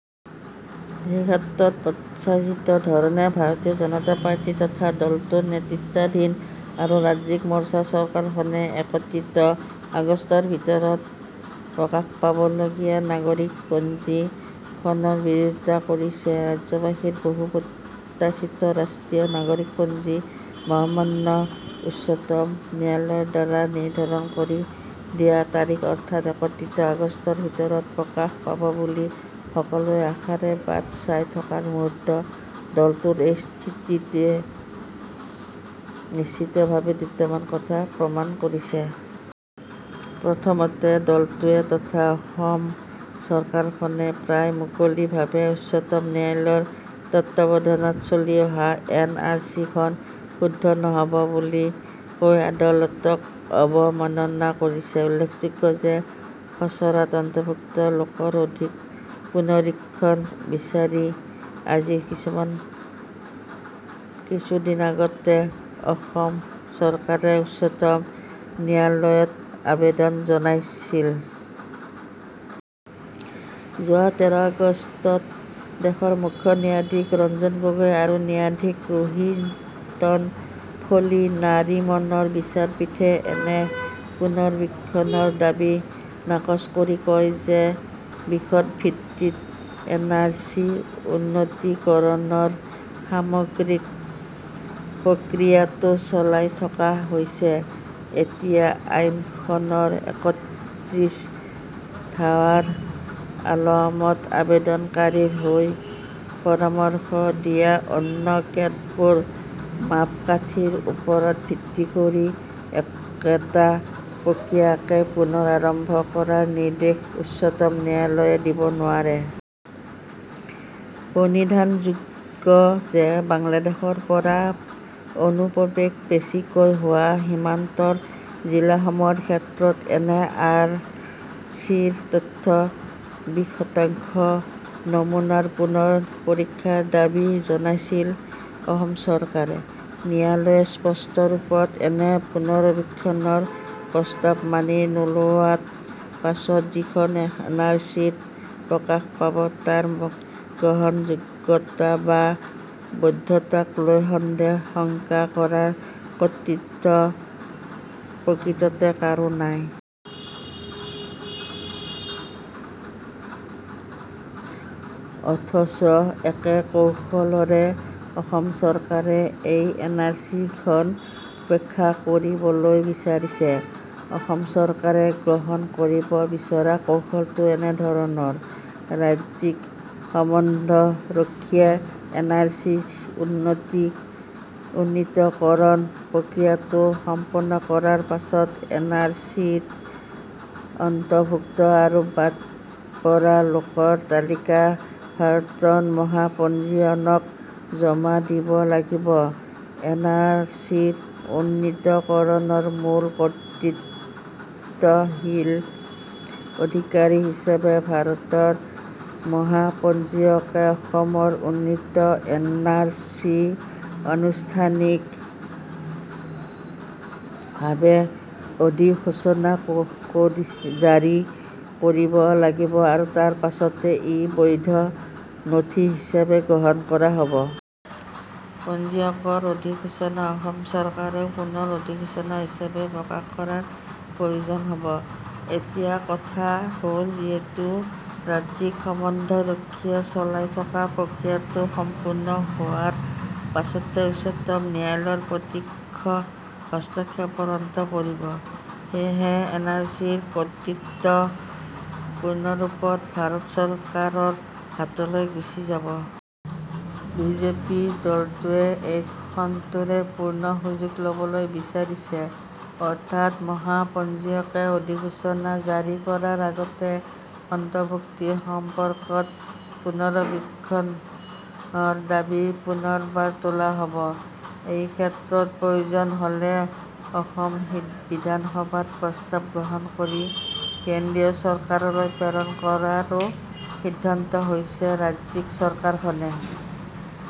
এই ক্ষেত্ৰত প্ৰত্যাশিত ধৰণে ভাৰতীয় জনতা পাৰ্টি তথা দলটোৰ নেতৃত্বাধীন অসম ৰাজ্যিক মৰ্চা চৰকাৰখনে একত্ৰিশ আগষ্টৰ ভিতৰত প্ৰকাশ পাবলগীয়া নাগৰিকপঞ্জী খনৰ বিৰোধিতা কৰিছে। ৰাজ্যবাসীৰ বহু প্ৰত্যাশিত ৰাষ্ট্ৰীয় নাগৰিকপঞ্জী মহামান্য উচ্চতম ন্যায়ালয়ৰ দ্বাৰা নিৰ্ধাৰণ কৰি দিয়া তাৰিখ অৰ্থাৎ একত্ৰিশ আগষ্টৰ ভিতৰত প্ৰকাশ পাব বুলি সকলোৱে আশাৰে বাট চাই থকাৰ মুহূৰ্তত দলটোৰ এই স্থিতিয়ে নিশ্চিতভাৱে দুটামান কথা প্ৰমাণ কৰিছে। প্ৰথমতে দলটোৱে তথা অসম চৰকাৰখনে প্ৰায় মুকলিভাৱে উচ্চতম ন্যায়ালয়ৰ তত্ত্বাৱধানত চলি অহা এন আৰ চিখন শুদ্ধ নহ'ব বুলি কৈ আদালতক অৱমাননা কৰিছে। উল্লেখযোগ্য যে খচৰাত অন্তৰ্ভুক্ত লোকৰ অধিক পুনৰীক্ষণ বিচাৰি আজি কিছুদিন আগতে অসম চৰকাৰে উচ্চতম ন্যায়ালয়ত আবেদন জনাইছিল। যোৱা তেৰ আগষ্টত দেশৰ মুখ্য ন্যায়াধীশ ৰঞ্জন গগৈ আৰু ন্যায়াধীশ ৰোহিন্টন ফলি নাৰিমনৰ বিচাৰপীঠে এনে পুনৰীক্ষণৰ দাবী নাকচ কৰি কয় যে বিষদ ভিত্তিত এন আৰ চি উন্নীতকৰণৰ সামগ্ৰিক প্ৰক্ৰিয়াটো চলাই থকা হৈছে। এতিয়া আইনখনৰ একত্ৰিশ ধাৰাৰ আলমত আৱেদনকাৰীৰ হৈ পৰামৰ্শ দিয়া অন্য কেতবোৰ মাপকাঠিৰ ওপৰত ভিত্তি কৰি একেটা প্ৰক্ৰিয়াকে পুনৰ আৰম্ভ কৰাৰ নিৰ্দেশ উচ্চতম ন্যায়ালয়ে দিব নোৱাৰে। প্ৰনিধানযোগ্য যে বাংলাদেশৰ পৰা অনুপ্ৰৱেশ বেছিকৈ হোৱা সীমান্তৰ জিলাসমূহৰ ক্ষেত্ৰত এন আৰ চিৰ তথ্যৰ বিশ শতাংশ নমুনাৰ পুনৰ পৰীক্ষাৰ দাবী জনাইছিল অসম চৰকাৰে। ন্যায়ালয়ে স্পষ্ট ৰূপত এনে পুনৰীক্ষণৰ প্ৰস্তাৱ মানি নোলোৱাৰ পাছত যিখন এন আৰ চি প্ৰকাশ পাব তাৰ গ্ৰহণযোগ্যতা বা বৈধতাক লৈ সন্দেহ-শংকা কৰাৰ কৰ্তৃত্ব প্ৰকৃততে কাৰো নাই। অথচ একে কৌশলৰে অসম চৰকাৰে এই এন আৰ চিখন উপেক্ষা কৰিবলৈ বিচাৰিছে। অসম চৰকাৰে গ্ৰহণ কৰিব বিচৰা কৌশলটো এনেধৰণৰ। ৰাজ্যিক সমন্বয়ৰক্ষীয়ে এন আৰ চি উন্নীতকৰণ প্ৰক্ৰিয়াটো সম্পন্ন কৰাৰ পাছত এন আৰ চিত অন্তৰ্ভুক্ত আৰু বাদ পৰা লোকৰ তালিকা ভাৰতৰ মহাপঞ্জীয়কক জমা দিব লাগিব, এন আৰ চি উন্নীতকৰণৰ মূল কৰ্তৃত্বশীল অধিকাৰী হিচাপে ভাৰতৰ মহাপঞ্জীয়কে অসমৰ উন্নীত এন আৰ চিৰ আনুষ্ঠানিকভাৱে অধিসূচনা জাৰি কৰিব লাগিব আৰু তাৰ পাছতহে ই বৈধ নথি হিচাপে গ্ৰহণ কৰা হ'ব। মহাপঞ্জীয়কৰ অধিসূচনা অসম চৰকাৰেও পুনৰ অধিসূচনা হিচাপে প্ৰকাশ কৰাৰ প্ৰয়োজন হ'ব। এতিয়া কথা হ'ল যিহেতু ৰাজ্যিক সমন্বয়ৰক্ষীয়ে চলাই থকা প্ৰক্ৰিয়াটো সম্পূৰ্ণ হোৱাৰ পাছতে উচ্চতম ন্যায়ালয়ৰ প্ৰত্যক্ষ হস্তক্ষেপৰ অন্ত পৰিব, সেয়েহে এন আৰ চিৰ কৰ্তৃত্ব পূৰ্ণ ৰূপত ভাৰত চৰকাৰৰ হাতলৈ গুচি যাব। বিজেপি দলটোৱে এই ক্ষণটোৰে পূৰ্ণ সুযোগ লবলৈ বিচাৰিছে। অৰ্থাৎ মহাপঞ্জীয়কে অধিসূচনা জাৰি কৰাৰ আগতেই অন্তৰ্ভুক্তি সম্পৰ্কত পুনৰীক্ষণৰ দাবী পুনৰবাৰ তোলা হ'ব। এইক্ষেত্ৰত প্ৰয়োজন হ'লে অসম বিধানসভাত প্ৰস্তাৱ গ্ৰহণ কৰি কেন্দ্ৰীয় চৰকাৰলৈ প্ৰেৰণ কৰাৰো সিদ্ধান্ত লৈছে ৰাজ্যিক চৰকাৰখনে।